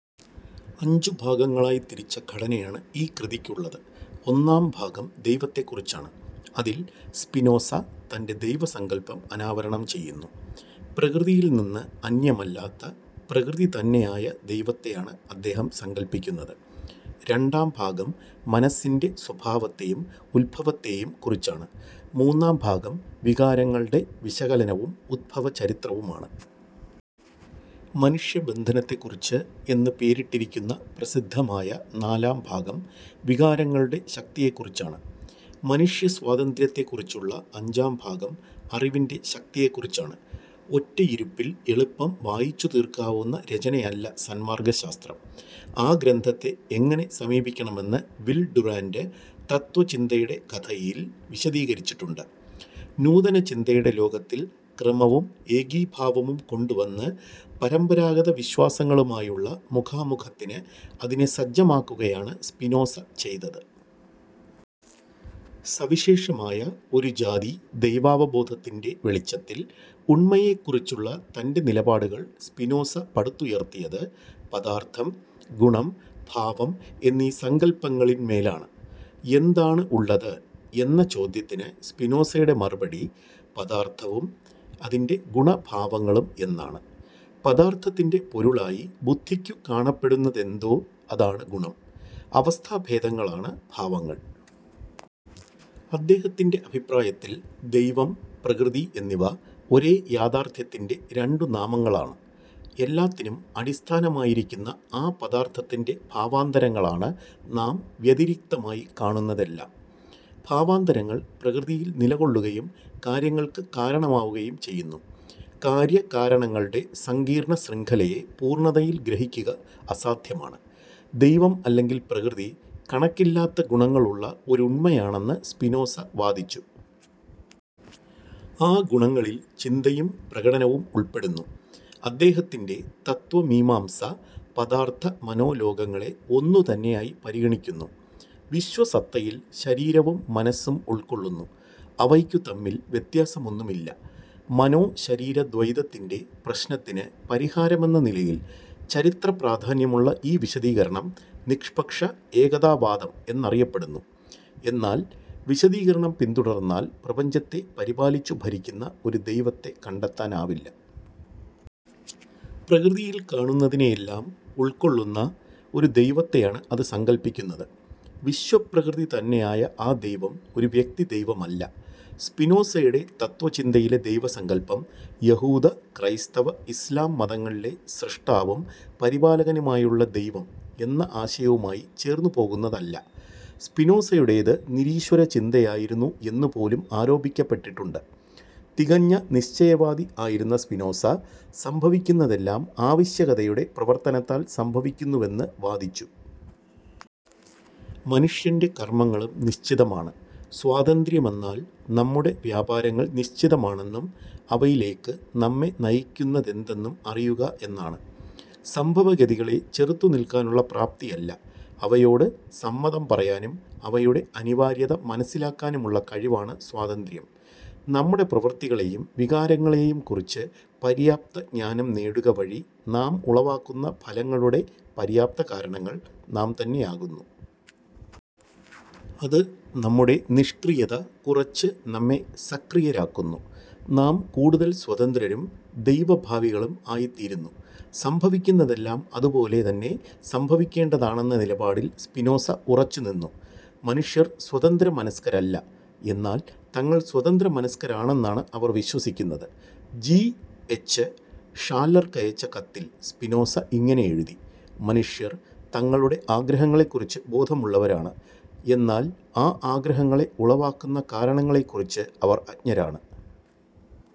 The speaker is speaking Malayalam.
അഞ്ചു ഭാഗങ്ങളായി തിരിച്ച ഘടനയാണ് ഈ കൃതിക്കുള്ളത്. ഒന്നാം ഭാഗം ദൈവത്തെക്കുറിച്ചാണ്. അതിൽ സ്പിനോസ തന്റെ ദൈവസങ്കല്പം അനാവരണം ചെയ്യുന്നു. പ്രകൃതിയിൽ നിന്ന് അന്യമല്ലാത്ത, പ്രകൃതിതന്നെയായ ദൈവത്തെയാണ് അദ്ദേഹം സങ്കല്പിക്കുന്നത്. രണ്ടാം ഭാഗം മനസ്സിന്റെ സ്വഭാവത്തെയും ഉത്ഭവത്തേയും കുറിച്ചാണ്. മൂന്നാം ഭാഗം, വികാരങ്ങളുടെ വിശകലനവും ഉത്ഭവചരിത്രവുമാണ്. മനുഷ്യബന്ധനത്തെക്കുറിച്ച് എന്ന് പേരിട്ടിരിക്കുന്ന പ്രസിദ്ധമായ നാലാം ഭാഗം, വികാരങ്ങളുടെ ശക്തിയെക്കുറിച്ചാണ്. മനുഷ്യസ്വാതന്ത്ര്യത്തെക്കുറിച്ചുള്ള അഞ്ചാംഭാഗം അറിവിന്റെ ശക്തിയെക്കുറിച്ചാണ്. ഒറ്റയിരുപ്പിൽ എളുപ്പം വായിച്ചുതീർക്കാവുന്ന രചനയല്ല സന്മാർഗശാസ്ത്രം. ആ ഗ്രന്ഥത്തെ എങ്ങനെ സമീപിക്കണമെന്ന് വിൽ ഡുറാന്റ് "തത്ത്വചിന്തയുടെ കഥ"-യിൽ വിശദീകരിച്ചിട്ടുണ്ട്:- നൂതനചിന്തയുടെ ലോകത്തിൽ ക്രമവും ഏകീഭാവവും കൊണ്ടുവന്ന്, പരമ്പരാഗതവിശ്വാസങ്ങളുമായുള്ള മുഖാമുഖത്തിന് അതിനെ സജ്ജമാക്കുകയാണ് സ്പിനോസ ചെയ്തത്. സവിശേഷമായ ഒരുജാതി ദൈവാവബോധത്തിന്റെ വെളിച്ചത്തിൽ ഉണ്മയെക്കുറിച്ചുള്ള തന്റെ നിലപാടുകൾ സ്പിനോസ പടുത്തുയർത്തിയത്, പദാർഥം, ഗുണം, ഭാവം എന്നീ സങ്കല്പങ്ങളിന്മേലാണ്. "എന്താണ് ഉള്ളത്? " എന്ന ചോദ്യത്തിന് സ്പിനോസയുടെ മറുപടി, "പദാർഥവും, അതിന്റെ ഗുണ-ഭാവങ്ങളും" എന്നാണ്. പദാർഥത്തിന്റെ പൊരുളായി ബുദ്ധിക്കു കാണപ്പെടുന്നതെന്തോ, അതാണ് ഗുണം. അവസ്ഥാഭേദങ്ങളാണ് ഭാവങ്ങൾ. അദ്ദേഹത്തിന്റെ അഭിപ്രായത്തിൽ ദൈവം, പ്രകൃതി എന്നിവ ഒരേ യാഥാർഥ്യത്തിന്റെ രണ്ടുനാമങ്ങളാണ്. എല്ലാത്തിനും അടിസ്ഥാനമായിരിക്കുന്ന ആ പദാർഥത്തിന്റെ ഭാവാന്തരങ്ങളാണ് നാം വ്യതിരിക്തമായി കാണുന്നതെല്ലാം. ഭാവാന്തരങ്ങൾ പ്രകൃതിയിൽ നിലകൊള്ളുകയും കാര്യങ്ങൾക്ക് കാരണമാവുകയും ചെയ്യുന്നു. കാര്യ-കാരണങ്ങളുടെ സങ്കീർണ്ണശൃഖലയെ പൂർണ്ണതയിൽ ഗ്രഹിക്കുക അസാധ്യമാണ്. ദൈവം അല്ലെങ്കിൽ പ്രകൃതി, കണക്കില്ലാത്ത ഗുണങ്ങൾ ഉള്ള ഒരുണ്മയാണെന്ന് സ്പിനോസ വാദിച്ചു. ആ ഗുണങ്ങളിൽ ചിന്തയും പ്രകടനവും ഉൾപ്പെടുന്നു. അദ്ദേഹത്തിന്റെ തത്ത്വമീമാംസ പദാർഥ-മനോലോകങ്ങളെ ഒന്നുതന്നെയായി പരിഗണിക്കുന്നു. വിശ്വസത്തയിൽ ശരീരവും മനസ്സും ഉൾക്കൊള്ളുന്നു. അവയ്ക്കുതമ്മിൽ വ്യത്യാസമൊന്നുമില്ല. മനോ-ശരീരദ്വൈതത്തിന്റെ പ്രശ്നത്തിന് പരിഹാരമെന്ന നിലയിൽ ചരിത്രപ്രാധാന്യമുള്ള ഈ വിശദീകരണം നിഷ്പക്ഷ-ഏകതാവാദം എന്നറിയപ്പെടുന്നു. എന്നാൽ വിശദീകരണം പിന്തുടർന്നാൽ പ്രപഞ്ചത്തെ പരിപാലിച്ചു ഭരിക്കുന്ന ഒരു ദൈവത്തെ കണ്ടെത്താനാവില്ല. പ്രകൃതിയിൽ കാണുന്നതിനെയെല്ലാം ഉൾക്കൊള്ളുന്ന, ഒരു ദൈവത്തെയാണ് അത് സങ്കല്പിക്കുന്നത്. വിശ്വപ്രകൃതിതന്നെയായ ആ ദൈവം ഒരു വ്യക്തിദൈവമല്ല. സ്പിനോസയുടെ തത്ത്വചിന്തയിലെ ദൈവസങ്കല്പം യഹൂദ-ക്രൈസ്തവ-ഇസ്ലാം മതങ്ങളിലെ സ്രഷ്ടാവും പരിപാലകനുമായുള്ള ദൈവം എന്ന ആശയവുമായി ചേർന്നുപോകുന്നതല്ല. സ്പിനോസയുടേത് നിരീശ്വരചിന്തയായിരുന്നു എന്നുപോലും ആരോപിക്കപ്പെട്ടിട്ടുണ്ട്. തികഞ്ഞ നിശ്ചയവാദി ആയിരുന്ന സ്പിനോസ, സംഭവിക്കുന്നതെല്ലാം ആവശ്യകതയുടെ പ്രവർത്തനത്താൽ സംഭവിക്കുന്നുവെന്ന് വാദിച്ചു. മനുഷ്യന്റെ കർമ്മങ്ങളും നിശ്ചിതമാണ്. സ്വാതന്ത്ര്യമെന്നാൽ, നമ്മുടെ വ്യാപാരങ്ങൾ നിശ്ചിതമാണെന്നും, അവയിലെക്ക് നമ്മെ നയിക്കുന്നതെന്തെന്നും അറിയുക എന്നാണ്. സംഭവഗതികളെ ചെറുത്തുനിൽക്കാനുള്ള പ്രാപ്തിയല്ല, അവയോട് സമ്മതം പറയാനും അവയുടെ അനിവാര്യത മനസ്സിലാക്കാനുമുള്ള കഴിവാണ് സ്വാതന്ത്ര്യം. നമ്മുടെ പ്രവർത്തികളെയും വികാരങ്ങളേയും കുറിച്ച് പര്യാപ്തജ്ഞാനം നേടുകവഴി നാം ഉളവാക്കുന്ന ഫലങ്ങളുടെ പര്യാപ്തകാരണങ്ങൾ നാം തന്നെയാകുന്നു. അത് നമ്മുടെ നിഷ്ക്രിയത കുറച്ച് നമ്മെ സക്രിയരാക്കുന്നു. നാം കൂടുതൽ സ്വതന്ത്രരും ദൈവഭാവികളും ആയിത്തീരുന്നു. സംഭവിക്കുന്നതെല്ലാം അത് പോലെ തന്നെ സംഭവിക്കേണ്ടതാണെന്ന നിലപാടിൽ സ്പിനോസ ഉറച്ചുനിന്നു. മനുഷ്യർ സ്വതന്ത്രമനസ്കരല്ല. എന്നാൽ തങ്ങൾ സ്വതന്ത്രമനസ്കരാണെന്നാണ് അവർ വിശ്വസിക്കുന്നത്. ജി. എച്ച് ഷാല്ലർക്കയച്ച കത്തിൽ, സ്പിനോസ ഇങ്ങനെ എഴുതി: "മനുഷ്യർ തങ്ങളുടെ ആഗ്രഹങ്ങളെക്കുറിച്ച് ബോധമുള്ളവരാണ്; എന്നാൽ ആ ആഗ്രഹങ്ങളെ ഉളവാക്കുന്ന കാരണങ്ങളെക്കുറിച്ച് അവർ അജ്ഞരാണ്.